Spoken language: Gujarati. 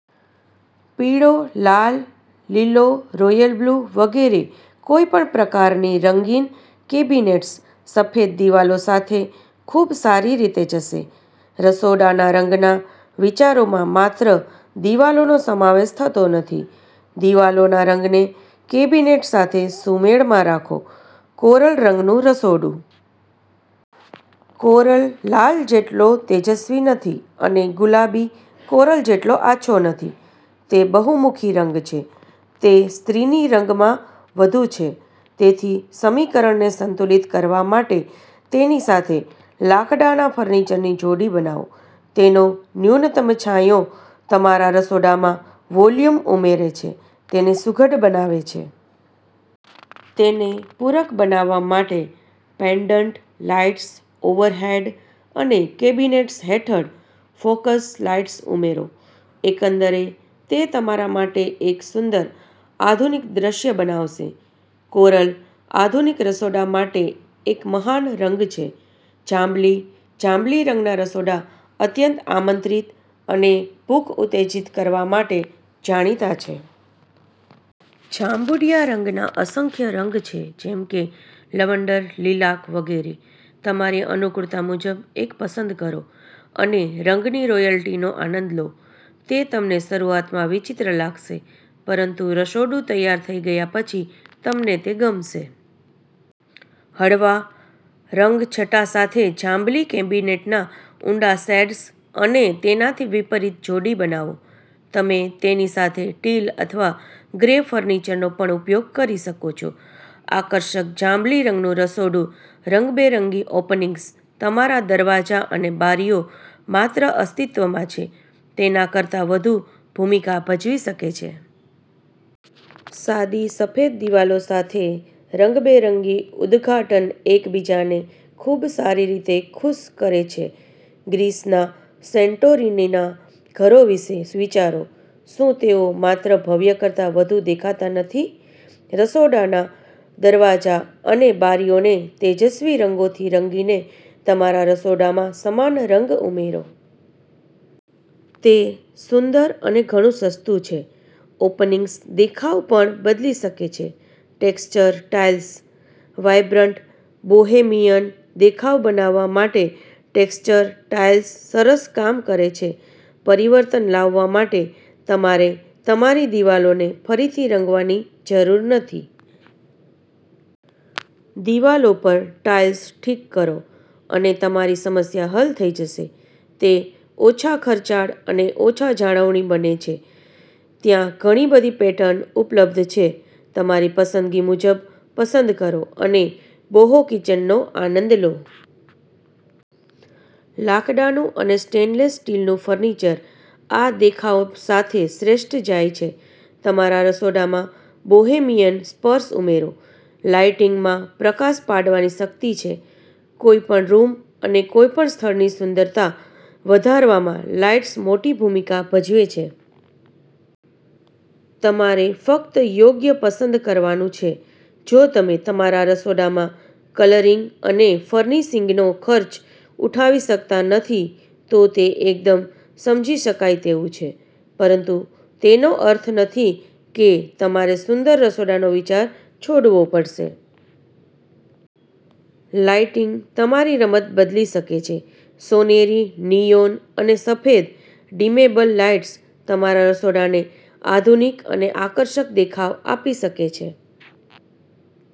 પીળો, લાલ, લીલો, રોયલ બ્લુ વગેરે, કોઈપણ પ્રકારની રંગીન કેબિનેટ્સ સફેદ દિવાલો સાથે ખૂબ સારી રીતે જશે. રસોડાના રંગના વિચારોમાં માત્ર દિવાલોનો સમાવેશ થતો નથી. દિવાલોના રંગને કેબિનેટ સાથે સુમેળમાં રાખો. કોરલ રંગનું રસોડું. કોરલ લાલ જેટલો તેજસ્વી નથી અને ગુલાબી કોરલ જેટલો આછો નથી. તે બહુમુખી રંગ છે. તે સ્ત્રીની રંગમાં વધુ છે તેથી સમીકરણને સંતુલિત કરવા માટે તેની સાથે લાકડાના ફર્નિચરની જોડી બનાવો. તેનો ન્યૂનતમ છાંયો તમારા રસોડામાં વોલ્યુમ ઉમેરે છે, તેને સુઘડ બનાવે છે. તેને પૂરક બનાવવા માટે પેન્ડન્ટ લાઇટ્સ ઓવરહેડ અને કેબિનેટ્સ હેઠળ ફોકસ લાઇટ્સ ઉમેરો. એકંદરે તે તમારા માટે એક સુંદર આધુનિક દૃશ્ય બનાવશે. કોરલ આધુનિક રસોડા માટે એક મહાન રંગ છે. જાંબલી. જાંબલી રંગના રસોડા અત્યંત આમંત્રિત અને ભૂખ ઉત્તેજિત કરવા માટે જાણીતા છે. જાંબુડિયા રંગના અસંખ્ય રંગ છે, જેમ કે લવંડર, લીલાક વગેરે. તમારી અનુકૂળતા મુજબ એક પસંદ કરો અને રંગની રોયલ્ટીનો આનંદ લો. તે તમને શરૂઆતમાં વિચિત્ર લાગશે, પરંતુ રસોડું તૈયાર થઈ ગયા પછી, તમને તે ગમશે. હળવા રંગછટા સાથે જાંબલી કેબિનેટના ઊંડા શેડ્સ અને તેનાથી વિપરીત જોડી બનાવો. તમે તેની સાથે ટીલ અથવા ગ્રે ફર્નિચરનો પણ ઉપયોગ કરી શકો છો. આકર્ષક જાંબલી રંગનું રસોડું. રંગબેરંગી ઓપનિંગ્સ. તમારા દરવાજા અને બારીઓ માત્ર અસ્તિત્વમાં છે તેના કરતાં વધુ ભૂમિકા ભજવી શકે છે. સાદી સફેદ દિવાલો સાથે રંગબેરંગી ઉદઘાટન એકબીજાને ખૂબ સારી રીતે ખુશ કરે છે. ગ્રીસના સેન્ટોરિનીના ઘરો વિશે વિચારો. શું તેઓ માત્ર ભવ્ય કરતાં વધુ દેખાતા નથી? રસોડાના દરવાજા અને બારીઓને તેજસ્વી રંગોથી રંગીને તમારા રસોડામાં સમાન રંગ ઉમેરો. તે સુંદર અને ઘણું સસ્તું છે. ઓપનિંગ્સ દેખાવ પણ બદલી શકે છે. Texture tiles. વાઇબ્રન્ટ બોહેમિયન દેખાવ બનાવવા માટે ટેક્ષ્ચર ટાઇલ્સ સરસ કામ કરે છે. પરિવર્તન લાવવા માટે તમારે તમારી દિવાલોને ફરીથી રંગવાની જરૂર નથી. દિવાલો પર ટાઇલ્સ ઠીક કરો, અને તમારી સમસ્યા હલ થઈ જશે. તે ઓછા ખર્ચાળ અને ઓછા જાળવણી બંને છે. ત્યાં ઘણી બધી પેટર્ન ઉપલબ્ધ છે. તમારી પસંદગી મુજબ પસંદ કરો અને બોહો કિચનનો આનંદ લો. લાકડાનું અને સ્ટેનલેસ સ્ટીલનું ફર્નિચર આ દેખાવ સાથે શ્રેષ્ઠ જાય છે. તમારા રસોડામાં બોહેમિયન સ્પર્શ ઉમેરો. લાઇટિંગમાં પ્રકાશ પાડવાની શક્તિ છે. કોઈપણ રૂમ અને કોઈપણ સ્થળની સુંદરતા વધારવામાં લાઇટ્સ મોટી ભૂમિકા ભજવે છે. તમારે ફક્ત યોગ્ય પસંદ કરવાનું છે. જો તમે તમારા રસોડામાં કલરિંગ અને ફર્નિશિંગનો ખર્ચ ઉઠાવી શકતા નથી, તો તે એકદમ સમજી શકાય તેવું છે. પરંતુ તેનો અર્થ નથી કે તમારે સુંદર રસોડાનો વિચાર છોડવો પડશે. લાઇટિંગ તમારી રમત બદલી શકે છે. સોનેરી, નિયોન અને સફેદ ડિમેબલ લાઇટ્સ તમારા રસોડાને આધુનિક અને આકર્ષક દેખાવ આપી શકે છે.